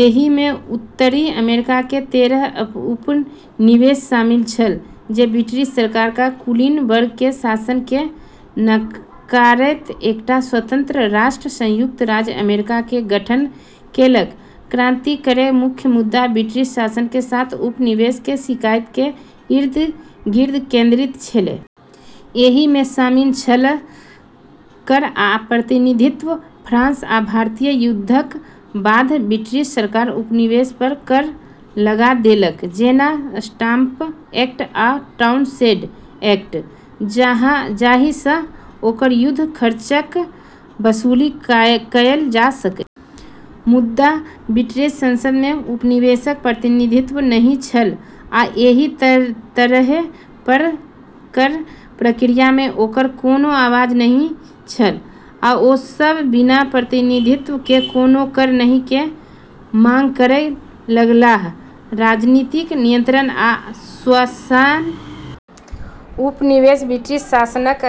एहि मे उत्तरी अमेरिका के तेरह उपनिवेश शामिल छल, जे ब्रिटिश सरकार आ कुलीन वर्ग के शासन के नकारैत एकटा स्वतंत्र राष्ट्र संयुक्त राज्य अमेरिका के गठन केलक। क्रांति केर मुख्य मुद्दा ब्रिटिश शासन के साथ उपनिवेश के शिकायत के इर्द-गिर्द केंद्रित छेलै। एहि मे शामिल छल: कर आ प्रतिनिधित्व। फ्रांस आ भारतीय युद्धक बाद ब्रिटिश सरकार उपनिवेश पर कर लगा देलक, जेना स्टाम्प एक्ट आ टाउनशेंड एक्ट जाहि सँ ओकर युद्ध खर्चक वसूली कयल जा सकय। मुदा, ब्रिटिश संसद मे उपनिवेशक प्रतिनिधित्व नहि छल आ एहि तरहें कर प्रक्रिया मे ओकर कोनो आवाज नहि छल। ओ सब "बिना प्रतिनिधित्व के कोनो कर नहि" के मांग करय लगलाह। राजनीतिक नियंत्रण आ स्वशासन। उपनिवेशक ब्रिटिश शासनक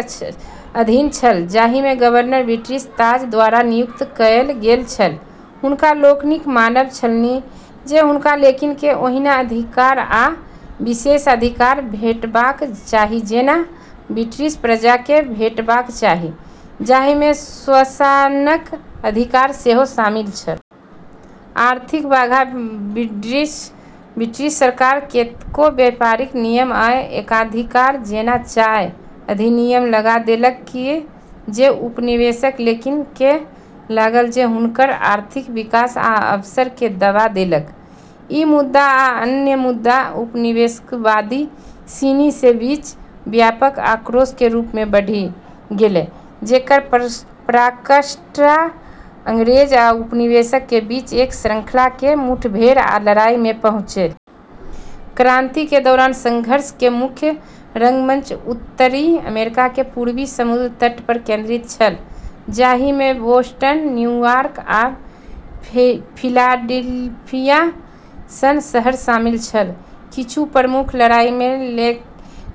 अधीन छल, जाहि मे गवर्नर ब्रिटिश ताज द्वारा नियुक्त कयल गेल छल। हुनका लोकनिक मानब छलनि जे हुनका लोकनि केँ ओहिना अधिकार आ विशेषाधिकार भेटबाक चाही जेना ब्रिटिश प्रजा केँ भेटबाक चाही, जाहि मे स्वशासनक अधिकार सेहो शामिल छल। आर्थिक बाधा। ब्रिटिश सरकार कतेको व्यापारिक नियम आ एकाधिकार जेना चाय अधिनियम लगा देलक जे उपनिवेशक लोकनि केँ लागल जे हुनकर आर्थिक विकास आ अवसर केँ दबा देलक। ई मुद्दा आ अन्य मुद्दा उपनिवेशवादी सिनी के बीच व्यापक आक्रोश के रूप मे बढ़ी गेलै, जेकर पराकाष्ठा अंग्रेज आ उपनिवेशक के बीच एक श्रृंखला के मुठभेड़ आ लड़ाई मे पहुँचलै। क्रांति के दौरान संघर्ष के मुख्य रंगमंच उत्तरी अमेरिका के पूर्वी समुद्र तट पर केंद्रित छल, जाहि मे बोस्टन, न्यूयॉर्क, आ फिलाडेल्फिया सन शहर शामिल छल। किछु प्रमुख लड़ाई मे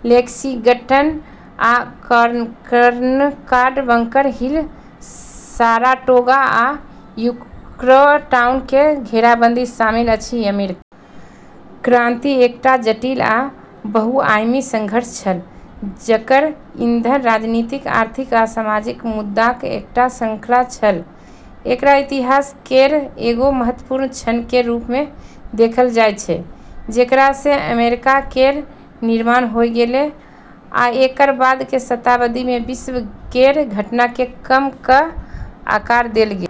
लेक्सिंगटन आ कॉनकॉर्ड, बंकर हिल, साराटोगा, आ यॉर्कटाउन के घेराबंदी शामिल अछि। अमेरिकी क्रांति एकटा जटिल आ बहुआयामी संघर्ष छल, जकर ईंधन राजनीतिक, आर्थिक आ सामाजिक मुद्दाक एकटा श्रृंखला छल। एकरा इतिहास केर एगो महत्वपूर्ण क्षण के रूप मे देखल जाय छै, जेकरा सँ अमेरिका केर निर्माण होय गेलै आ एकर बाद के शताब्दी मे विश्व केर घटना के क्रम क आकार देल गेलै।